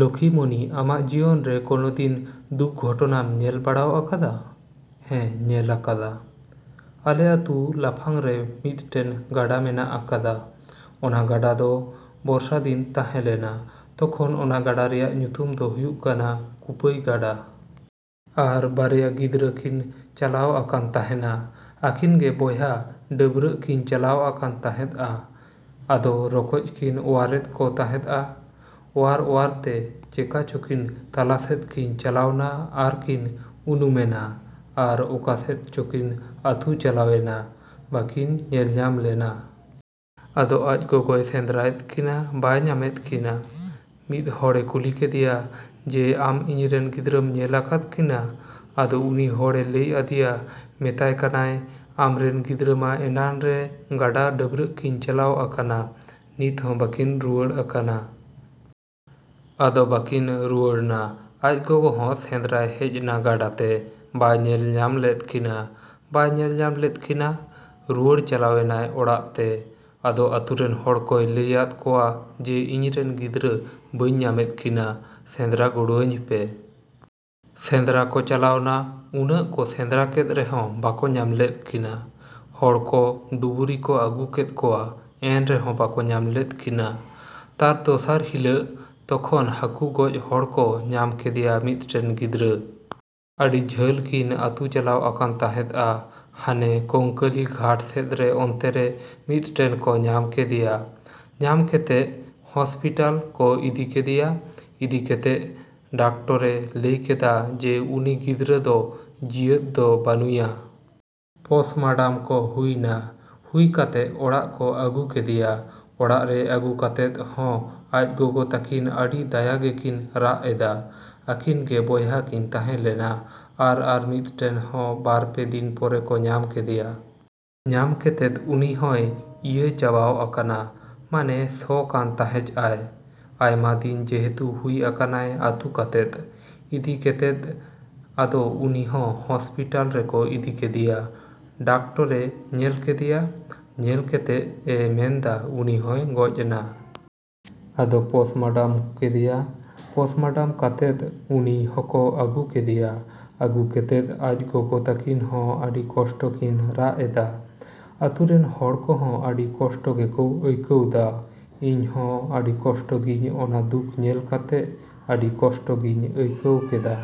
ᱞᱚᱠᱷᱤᱢᱚᱱᱤ, ᱟᱢᱟᱜ ᱡᱤᱭᱚᱱ ᱨᱮ ᱠᱚᱱᱚ ᱫᱤᱱ ᱫᱩᱠ ᱜᱷᱚᱴᱚᱱᱟᱢ ᱧᱮᱞ ᱵᱟᱲᱟᱣ ᱟᱠᱟᱫᱟ? ᱦᱮᱸ, ᱧᱮᱞ ᱟᱠᱟᱫᱟ᱾ ᱟᱞᱮ ᱟᱛᱩ ᱞᱟᱯᱷᱟᱝ ᱨᱮ ᱢᱤᱫᱴᱮᱱ ᱜᱟᱰᱟ ᱢᱮᱱᱟᱜ ᱟᱠᱟᱫᱟ᱾ ᱚᱱᱟ ᱜᱟᱰᱟ ᱫᱚ ᱵᱚᱨᱥᱟᱫᱤᱱ ᱛᱟᱦᱮᱸ ᱞᱮᱱᱟ᱾ ᱛᱚᱠᱷᱚᱱ ᱚᱱᱟ ᱜᱟᱰᱟ ᱨᱮᱭᱟᱜ ᱧᱩᱛᱩᱢ ᱫᱚ ᱦᱩᱭᱩᱜ ᱠᱟᱱᱟ ᱠᱩᱯᱟᱹᱭ ᱜᱟᱰᱟ᱾ ᱟᱨ ᱵᱟᱨᱭᱟ ᱜᱤᱫᱽᱨᱟᱹᱠᱤᱱ ᱪᱟᱞᱟᱣ ᱟᱠᱟᱱ ᱛᱟᱸᱦᱮᱱᱟ᱾ ᱟᱹᱠᱤᱱ ᱜᱮ ᱵᱚᱭᱦᱟ ᱰᱟᱹᱵᱨᱟᱹᱜ ᱠᱤᱱ ᱪᱟᱞᱟᱣ ᱟᱠᱟᱱ ᱛᱟᱸᱦᱮᱫ ᱟ᱾ ᱟᱫᱚ ᱨᱚᱠᱚᱡ ᱠᱤᱱ ᱚᱣᱟᱨᱮᱫ ᱠᱚ ᱛᱟᱦᱮᱸᱫ ᱟ᱾ ᱚᱣᱟᱨᱼᱚᱣᱟᱨᱛᱮ ᱪᱮᱠᱟ ᱪᱚᱠᱤᱱ ᱛᱟᱞᱟᱥᱮᱫ ᱠᱤᱱ ᱪᱟᱞᱟᱣᱱᱟ ᱟᱨᱠᱤᱱ ᱩᱱᱩᱢᱮᱱᱟ᱾ ᱟᱨ ᱚᱠᱟᱥᱮᱫ ᱪᱚᱠᱤᱱ ᱟᱹᱛᱩ ᱪᱟᱞᱟᱣᱮᱱᱟ, ᱵᱟᱹᱠᱤᱱ ᱧᱮᱞᱧᱟᱢ ᱞᱮᱱᱟ᱾ ᱟᱫᱚ ᱟᱡ ᱜᱚᱜᱚᱭ ᱥᱮᱸᱫᱽᱨᱟᱭᱮᱫ ᱠᱤᱱᱟ, ᱵᱟᱭ ᱧᱟᱢᱮᱫ ᱠᱤᱱᱟ᱾ ᱢᱤᱫ ᱦᱚᱲᱮ ᱠᱩᱞᱤ ᱠᱮᱫᱮᱭᱟ ᱡᱮ ᱟᱢ ᱤᱧᱨᱮᱱ ᱜᱤᱫᱽᱨᱟᱹᱢ ᱧᱮᱞ ᱟᱠᱟᱫ ᱠᱤᱱᱟ? ᱟᱫᱚ ᱩᱱᱤ ᱦᱚᱲᱮ ᱞᱟᱹᱭ ᱟᱫᱮᱭᱟ, ᱢᱮᱛᱟᱭ ᱠᱟᱱᱟᱭ, "ᱟᱢᱨᱮᱱ ᱜᱤᱫᱽᱨᱟᱹ ᱢᱟ ᱮᱱᱟᱱ ᱨᱮ ᱜᱟᱰᱟ ᱰᱟᱹᱵᱨᱟᱹᱜ ᱠᱤᱱ ᱪᱟᱞᱟᱣ ᱟᱠᱟᱱᱟ, ᱱᱤᱛ ᱦᱚᱸ ᱵᱟᱹᱠᱤᱱ ᱨᱩᱣᱟᱹᱲ ᱟᱠᱟᱱᱟ᱾" ᱟᱫᱚ ᱵᱟᱹᱠᱤᱱ ᱨᱩᱣᱟᱹᱲ ᱱᱟ᱾ ᱟᱡ ᱜᱚᱜᱚ ᱦᱚᱸ ᱥᱮᱸᱫᱽᱨᱟᱭ ᱦᱮᱡ ᱱᱟ ᱜᱟᱰᱟ ᱛᱮ᱾ ᱵᱟᱭ ᱧᱮᱞ ᱧᱟᱢ ᱞᱮᱫ ᱠᱤᱱᱟ, ᱵᱟᱭ ᱧᱮᱞ ᱧᱟᱢ ᱞᱮᱫ ᱠᱤᱱᱟ᱾ ᱨᱩᱣᱟᱹᱲ ᱪᱟᱞᱟᱣᱮᱱᱟᱭ ᱚᱲᱟᱜ ᱛᱮ᱾ ᱟᱫᱚ ᱟᱹᱛᱩᱨᱮᱱ ᱦᱚᱲ ᱠᱚᱭ ᱞᱟᱹᱭ ᱟᱫ ᱠᱚᱣᱟ ᱡᱮ ᱤᱧᱨᱮᱱ ᱜᱤᱫᱽᱨᱟᱹ ᱵᱟᱹᱧ ᱧᱟᱢᱮᱫ ᱠᱤᱱᱟ, ᱥᱮᱸᱫᱽᱨᱟ ᱜᱚᱲᱚᱣᱟᱹᱧ ᱯᱮ᱾ ᱥᱮᱸᱫᱽᱨᱟ ᱠᱚ ᱪᱟᱞᱟᱣ ᱱᱟ᱾ ᱩᱱᱟᱹᱜ ᱠᱚ ᱥᱮᱸᱫᱽᱨᱟ ᱠᱮᱫ ᱨᱮᱦᱚᱸ ᱵᱟᱠᱚ ᱧᱟᱢ ᱞᱮᱫ ᱠᱤᱱᱟ᱾ ᱦᱚᱲ ᱠᱚ ᱰᱩᱵᱩᱨᱤ ᱠᱚ ᱟᱹᱜᱩ ᱠᱮᱫ ᱠᱚᱣᱟ, ᱮᱱᱨᱮᱦᱚᱸ ᱵᱟᱠᱚ ᱧᱟᱢ ᱞᱮᱫ ᱠᱤᱱᱟ᱾ ᱛᱟᱨ ᱫᱚᱥᱟᱨ ᱦᱤᱞᱟᱹᱜ ᱛᱚᱠᱷᱚᱱ ᱦᱟᱠᱩ ᱜᱚᱡ ᱦᱚᱲ ᱠᱚ ᱧᱟᱢ ᱠᱮᱫᱮᱭᱟ ᱢᱤᱫᱴᱮᱱ ᱜᱤᱫᱽᱨᱟᱹ᱾ ᱟᱹᱰᱤ ᱡᱷᱟᱹᱞ ᱠᱤᱱ ᱟᱹᱛᱩ ᱪᱟᱞᱟᱣ ᱟᱠᱟᱱ ᱛᱟᱦᱮᱸᱫ ᱟ᱾ ᱦᱟᱱᱮ ᱠᱚᱝᱠᱟᱹᱞᱤ ᱜᱷᱟᱴ ᱥᱮᱫ ᱨᱮ ᱚᱱᱛᱮᱨᱮ ᱢᱤᱫᱴᱮᱱ ᱠᱚ ᱧᱟᱢ ᱠᱮᱫᱮᱭᱟ᱾ ᱧᱟᱢ ᱠᱮᱛᱮᱜ ᱦᱚᱥᱯᱤᱴᱟᱞ ᱠᱚ ᱤᱫᱤ ᱠᱮᱫᱮᱭᱟ᱾ ᱤᱫᱤ ᱠᱮᱛᱮᱜ ᱰᱟᱠᱴᱚᱨᱮ ᱞᱟᱹᱭ ᱠᱮᱫᱟ ᱡᱮ ᱩᱱᱤ ᱜᱤᱫᱽᱨᱟᱹ ᱫᱚ ᱡᱤᱣᱟᱹᱫ ᱫᱚ ᱵᱟᱹᱱᱩᱭᱟ᱾ ᱯᱚᱥᱢᱟᱰᱟᱢ ᱠᱚ ᱦᱩᱭ ᱱᱟ᱾ ᱦᱩᱭ ᱠᱟᱛᱮᱜ ᱚᱲᱟᱜ ᱠᱚ ᱟᱹᱜᱩ ᱠᱮᱫᱮᱭᱟ᱾ ᱚᱲᱟᱜ ᱨᱮ ᱟᱹᱜᱩ ᱠᱟᱛᱮᱫ ᱦᱚᱸ ᱟᱡ ᱜᱚᱜᱚ ᱛᱟᱹᱠᱤᱱ ᱟᱹᱰᱤ ᱫᱟᱭᱟ ᱜᱮᱠᱤᱱ ᱨᱟᱜ ᱮᱫᱟ᱾ ᱟᱹᱠᱤᱱ ᱜᱮ ᱵᱚᱭᱦᱟ ᱠᱤᱱ ᱛᱟᱦᱮᱸ ᱞᱮᱱᱟ᱾ ᱟᱨ ᱟᱨ ᱢᱤᱫᱴᱮᱱ ᱦᱚᱸ ᱵᱟᱨ ᱯᱮ ᱫᱤᱱ ᱯᱚᱨᱮ ᱠᱚ ᱧᱟᱢ ᱠᱮᱫᱮᱭᱟ᱾ ᱧᱟᱢ ᱠᱮᱛᱮᱫ ᱩᱱᱤ ᱦᱚᱸᱭ ᱤᱭᱟᱹ ᱪᱟᱵᱟᱣ ᱟᱠᱟᱱᱟ, ᱢᱟᱱᱮ ᱥᱚ ᱠᱟᱱ ᱛᱟᱦᱮᱸᱡ ᱟᱭ᱾ ᱟᱭᱢᱟ ᱫᱤᱱ ᱡᱮᱦᱮᱛᱩ ᱦᱩᱭ ᱟᱠᱟᱱᱟᱭ ᱟᱹᱛᱩ ᱠᱟᱛᱮᱫ᱾ ᱤᱫᱤ ᱠᱮᱛᱮᱫ ᱟᱫᱚ ᱩᱱᱤ ᱦᱚᱸ ᱦᱚᱥᱯᱤᱴᱟᱞ ᱨᱮᱠᱚ ᱤᱫᱤ ᱠᱮᱫᱮᱭᱟ᱾ ᱰᱟᱠᱴᱚᱨᱮ ᱧᱮᱞ ᱠᱮᱫᱮᱭᱟ᱾ ᱧᱮᱞ ᱠᱮᱛᱮᱜ ᱮ ᱢᱮᱱᱫᱟ ᱩᱱᱤ ᱦᱚᱸᱭ ᱜᱚᱡ ᱱᱟ᱾ ᱟᱫᱚ ᱯᱚᱥᱢᱟᱰᱟᱢ ᱠᱮᱫᱮᱭᱟ᱾ ᱯᱚᱥᱢᱟᱰᱟᱢ ᱠᱟᱛᱮᱫ ᱩᱱᱤ ᱦᱚᱠᱚ ᱟᱹᱜᱩ ᱠᱮᱫᱮᱭᱟ᱾ ᱟᱹᱜᱩ ᱠᱮᱛᱮᱫ ᱟᱡ ᱜᱚᱜᱚ ᱛᱟᱹᱠᱤᱱ ᱦᱚᱸ ᱟᱹᱰᱤ ᱠᱚᱥᱴᱚ ᱠᱤᱱ ᱨᱟᱜ ᱮᱫᱟ᱾ ᱟᱹᱛᱩᱨᱮᱱ ᱦᱚᱲ ᱠᱚ ᱦᱚᱸ ᱟᱹᱰᱤ ᱠᱚᱥᱴᱚ ᱜᱮᱠᱚ ᱟᱹᱭᱠᱟᱹᱣ ᱫᱟ᱾ ᱤᱧ ᱦᱚᱸ ᱟᱹᱰᱤ ᱠᱚᱥᱴᱚ ᱜᱤᱧ ᱚᱱᱟ ᱫᱩᱠ ᱧᱮᱞ ᱠᱟᱛᱮᱜ ᱟᱹᱰᱤ ᱠᱚᱥᱴᱚ ᱜᱤᱧ ᱟᱹᱭᱠᱟᱹᱣ ᱠᱮᱫᱟ᱾